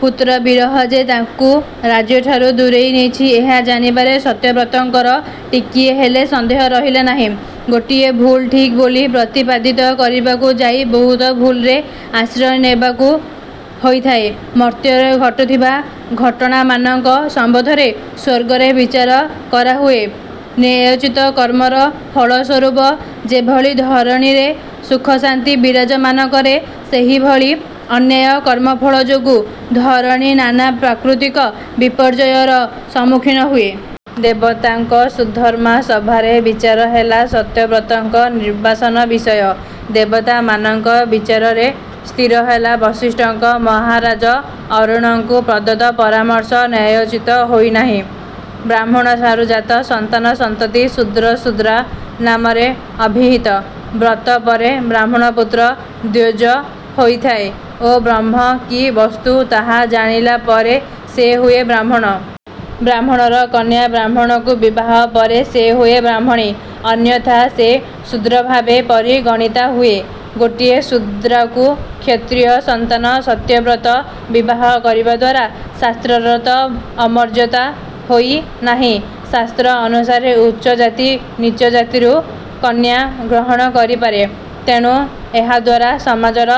ପୁତ୍ର ବିରହ ଯେ ତାଙ୍କୁ ରାଜ୍ୟଠାରୁ ଦୂରେଇ ନେଇଛି, ଏହା ଜାଣିବାରେ ସତ୍ୟବ୍ରତଙ୍କର ଟିକିଏ ହେଲେ ସନ୍ଦେହ ରହିଲା ନାହିଁ। ଗୋଟିଏ ଭୁଲ୍କୁ ଠିକ୍ ବୋଲି ପ୍ରତିପାଦିତ କରିବାକୁ ଯାଇ ବହୁତ ଭୁଲରେ ଆଶ୍ରୟ ନେବାକୁ ହୋଇଥାଏ। ମର୍ତ୍ତ୍ୟରେ ଘଟୁଥିବା ଘଟଣାମାନଙ୍କ ସମ୍ୱନ୍ଧରେ ସ୍ୱର୍ଗରେ ବିଚାର କରାହୁଏ; ନ୍ୟାୟୋଚିତ କର୍ମର ଫଳସ୍ୱରୂପ ଯେଭଳି ଧରଣୀରେ ସୁଖଶାନ୍ତି ବିରାଜମାନ କରେ, ସେହିଭଳି ଅନ୍ୟାୟ କର୍ମଫଳ ଯୋଗୁ ଧରଣୀ ନାନା ପ୍ରାକୃତିକ ବିପର୍ଯ୍ୟୟର ସମ୍ମୁଖୀନ ହୁଏ। ଦେବତାଙ୍କ ସୁଧର୍ମା ସଭାରେ ବିଚାର ହେଲା ସତ୍ୟବ୍ରତଙ୍କ ନିର୍ବାସନ ବିଷୟ। ଦେବତାମାନଙ୍କ ବିଚାରରେ ସ୍ଥିରହେଲା ବଶିଷ୍ଠଙ୍କ ମହାରାଜ ଅରୁଣଙ୍କୁ ପ୍ରଦତ୍ତ ପରାମର୍ଶ ନ୍ୟାୟୋଚିତ ହୋଇନାହିଁ। ବ୍ରାହ୍ମଣଠାରୁ ଜାତ ସନ୍ତାନସନ୍ତତି ଶୂଦ୍ରଶୂଦ୍ରା ନାମରେ ଅଭିହିତ। ବ୍ରତ ପରେ ବ୍ରାହ୍ମଣପୁତ୍ର ଦ୍ୱିଜ ହୋଇଥାଏ ଓ ବ୍ରହ୍ମ କି ବସ୍ତୁ ତାହା ଜାଣିଲା ପରେ ସେ ହୁଏ ବ୍ରାହ୍ମଣ। ବ୍ରାହ୍ମଣର କନ୍ୟା ବ୍ରାହ୍ମଣକୁ ବିବାହ ପରେ ସେ ହୁଏ ବ୍ରାହ୍ମଣୀ। ଅନ୍ୟଥା ସେ ଶୂଦ୍ରଭାବେ ପରି ଗଣିତା ହୁଏ। ଗୋଟିଏ ଶୂଦ୍ରାକୁ କ୍ଷତ୍ରୀୟ ସନ୍ତାନ ସତ୍ୟବ୍ରତ ବିବାହ କରିବାଦ୍ୱାରା ଶାସ୍ତ୍ରର ତ ଅମର୍ଯ୍ୟାଦା ହୋଇ ନାହିଁ। ଶାସ୍ତ୍ର ଅନୁସାର ଉଚ୍ଚଜାତି ନିଚ୍ଚ ଜାତିରୁ କନ୍ୟା ଗ୍ରହଣ କରିପାରେ; ତେଣୁ ଏହାଦ୍ୱାରା ସମାଜର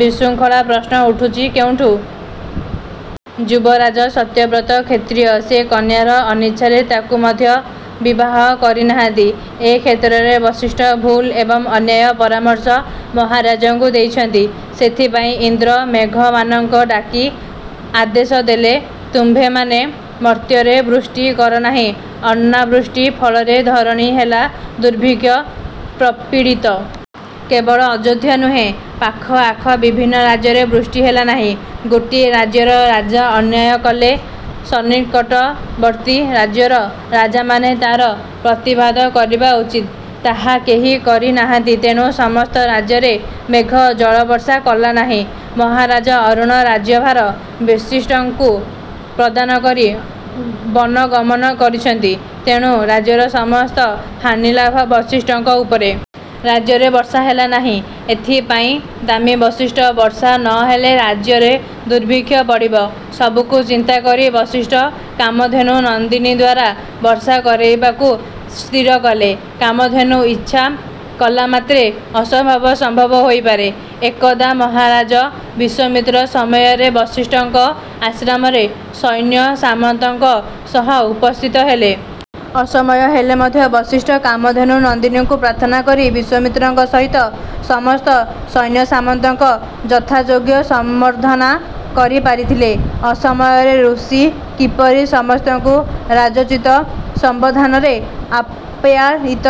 ବିଶୃଙ୍ଖଳା ପ୍ରଶ୍ନ ଉଠୁଛି କେଉଁଠି? ଯୁବରାଜ ସତ୍ୟବ୍ରତ କ୍ଷତ୍ରିୟ। ସେ କନ୍ୟାର ଅନିଚ୍ଛାରେ ତାକୁ ମଧ୍ୟ ବିବାହ କରିନାହାନ୍ତି-। ଏ କ୍ଷେତ୍ରରେ ବଶିଷ୍ଠ ଭୁଲ୍ ଏବଂ ଅନ୍ୟାୟ ପରାମର୍ଶ ମହାରାଜାଙ୍କୁ ଦେଇଛନ୍ତି। ସେଥିପାଇଁ ଇନ୍ଦ୍ର ମେଘମାନଙ୍କ ଡାକି ଆଦେଶ ଦେଲେ ତୁମ୍ଭେମାନେ ମର୍ତ୍ତ୍ୟରେ ବୃଷ୍ଟି କରନାହିଁ। ଅନାବୃଷ୍ଟି ଫଳରେ ଧରଣୀ ହେଲା ଦୁର୍ଭିକ୍ଷ ପ୍ରପୀଡ଼ିତ। କେବଳ ଅଯୋଧ୍ୟା ନୁହେଁ, ପାଖ ଆଖ ବିଭିନ୍ନ ରାଜ୍ୟରେ ବୃଷ୍ଟି ହେଲା ନାହିଁ। ଗୋଟିଏ ରାଜ୍ୟର ରାଜା ଅନ୍ୟାୟ କଲେ ସନ୍ନିକଟବର୍ତ୍ତୀ ରାଜ୍ୟର ରାଜାମାନେ ତା'ର ପ୍ରତିବାଦ କରିବା ଉଚିତ୍। ତାହା କେହି କରି ନାହାନ୍ତି ତେଣୁ ସମସ୍ତ ରାଜ୍ୟରେ ମେଘ ଜଳବର୍ଷା କଲାନାହିଁ। ମହାରାଜ ଅରୁଣ ରାଜ୍ୟଭାର ବଶିଷ୍ଠଙ୍କୁ ପ୍ରଦାନ କରି ବନଗମନ କରିଛନ୍ତି; ତେଣୁ ରାଜ୍ୟର ସମସ୍ତ ହାନିଲାଭ ବଶିଷ୍ଠଙ୍କ ଉପରେ। ରାଜ୍ୟରେ ବର୍ଷା ହେଲା ନାହିଁ। ଏଥିପାଇଁ ଦାମୀ ବଶିଷ୍ଠ। ବର୍ଷା ନ ହେଲେ ରାଜ୍ୟରେ ଦୁର୍ଭିକ୍ଷ ପଡ଼ିବ। ସବୁକୁ ଚିନ୍ତାକରି ବଶିଷ୍ଠ କାମଧେନୁ ନନ୍ଦିନୀଦ୍ୱାରା ବର୍ଷା କରାଇବାକୁ ସ୍ଥିରକଲେ। କାମଧେନୁ ଇଚ୍ଛା କଲାମାତ୍ରେ ଅସମ୍ଭବ ସମ୍ଭବ ହୋଇପାରେ। ଏକଦା ମହାରାଜ ବିଶ୍ୱାମିତ୍ର ଅସମୟରେ ବଶିଷ୍ଠଙ୍କ ଆଶ୍ରମରେ ସୈନ୍ୟ ସାମନ୍ତଙ୍କ ସହ ଉପସ୍ଥିତ ହେଲେ। ଅସମୟ ହେଲେ ମଧ୍ୟ ବଶିଷ୍ଠ କାମଧେନୁ ନନ୍ଦିନୀଙ୍କୁ ପ୍ରାର୍ଥନା କରି ବିଶ୍ୱାମିତ୍ରଙ୍କ ସହିତ ସମସ୍ତ ସୈନ୍ୟସାମନ୍ତଙ୍କ ଯଥାଯୋଗ୍ୟ ସମ୍ୱର୍ଦ୍ଧନା କରିପାରିଥିଲେ। ଅସମୟରେ ଋଷି କିପରି ସମସ୍ତଙ୍କୁ ରାଜୋଚିତ ସଂବର୍ଦ୍ଧନାରେ ଆପ୍ୟାୟିତ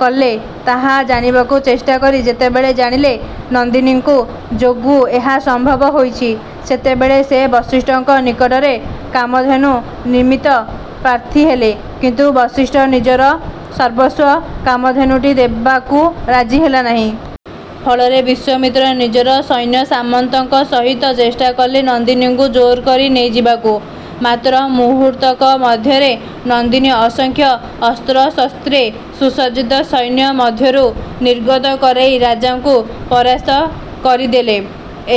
କଲେ ତାହା ଜାଣିବାକୁ ଚେଷ୍ଟା କରି ଯେତେବେଳେ ଜାଣିଲେ ନନ୍ଦିନୀଙ୍କୁ ଯୋଗୁ ଏହା ସମ୍ଭବ ହୋଇଛି, ସେତେବେଳେ ସେ ବଶିଷ୍ଠଙ୍କ ନିକଟରେ କାମଧେନୁ ନିମିତ୍ତ ପ୍ରାର୍ଥୀ ହେଲେ; କିନ୍ତୁ ବଶିଷ୍ଠ ନିଜର ସର୍ବସ୍ୱ କାମଧେନୁଟି ଦେବାକୁ ରାଜି ହେଲେନାହିଁ। ଫଳରେ ବିଶ୍ୱାମିତ୍ର ନିଜର ସୈନ୍ୟ ସାମନ୍ତଙ୍କ ସହିତ ଚେଷ୍ଟାକଲେ ନନ୍ଦିନୀଙ୍କୁ ଜୋର କରି ନେଇଯିବାକୁ, ମାତ୍ର ମୁହୂର୍ତ୍ତକ ମଧ୍ୟରେ ନନ୍ଦିନୀ ଅସଂଖ୍ୟ ଅସ୍ତ୍ରଶସ୍ତ୍ରେ ସୁସଜ୍ଜିତ ସୈନ୍ୟ ମଧ୍ୟରୁ ନିର୍ଗତ କରାଇ ରାଜାଙ୍କୁ ପରାସ୍ତ କରିଦେଲେ।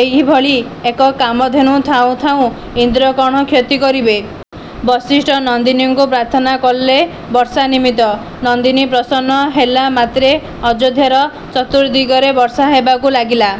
ଏହିଭଳି ଏକ କାମଧେନୁ ଥାଉଁ ଥାଉଁ ଇନ୍ଦ୍ର କ'ଣ କ୍ଷତି କରିବେ? ବଶିଷ୍ଠ ନନ୍ଦିନୀଙ୍କୁ ପ୍ରାର୍ଥନା କଲେ ବର୍ଷା ନିମିତ୍ତ। ନନ୍ଦିନୀ ପ୍ରସନ୍ନ ହେଲା ମାତ୍ରେ ଅଯୋଧ୍ୟାର ଚତୁର୍ଦ୍ଦିଗରେ ବର୍ଷା ହେବାକୁ ଲାଗିଲା;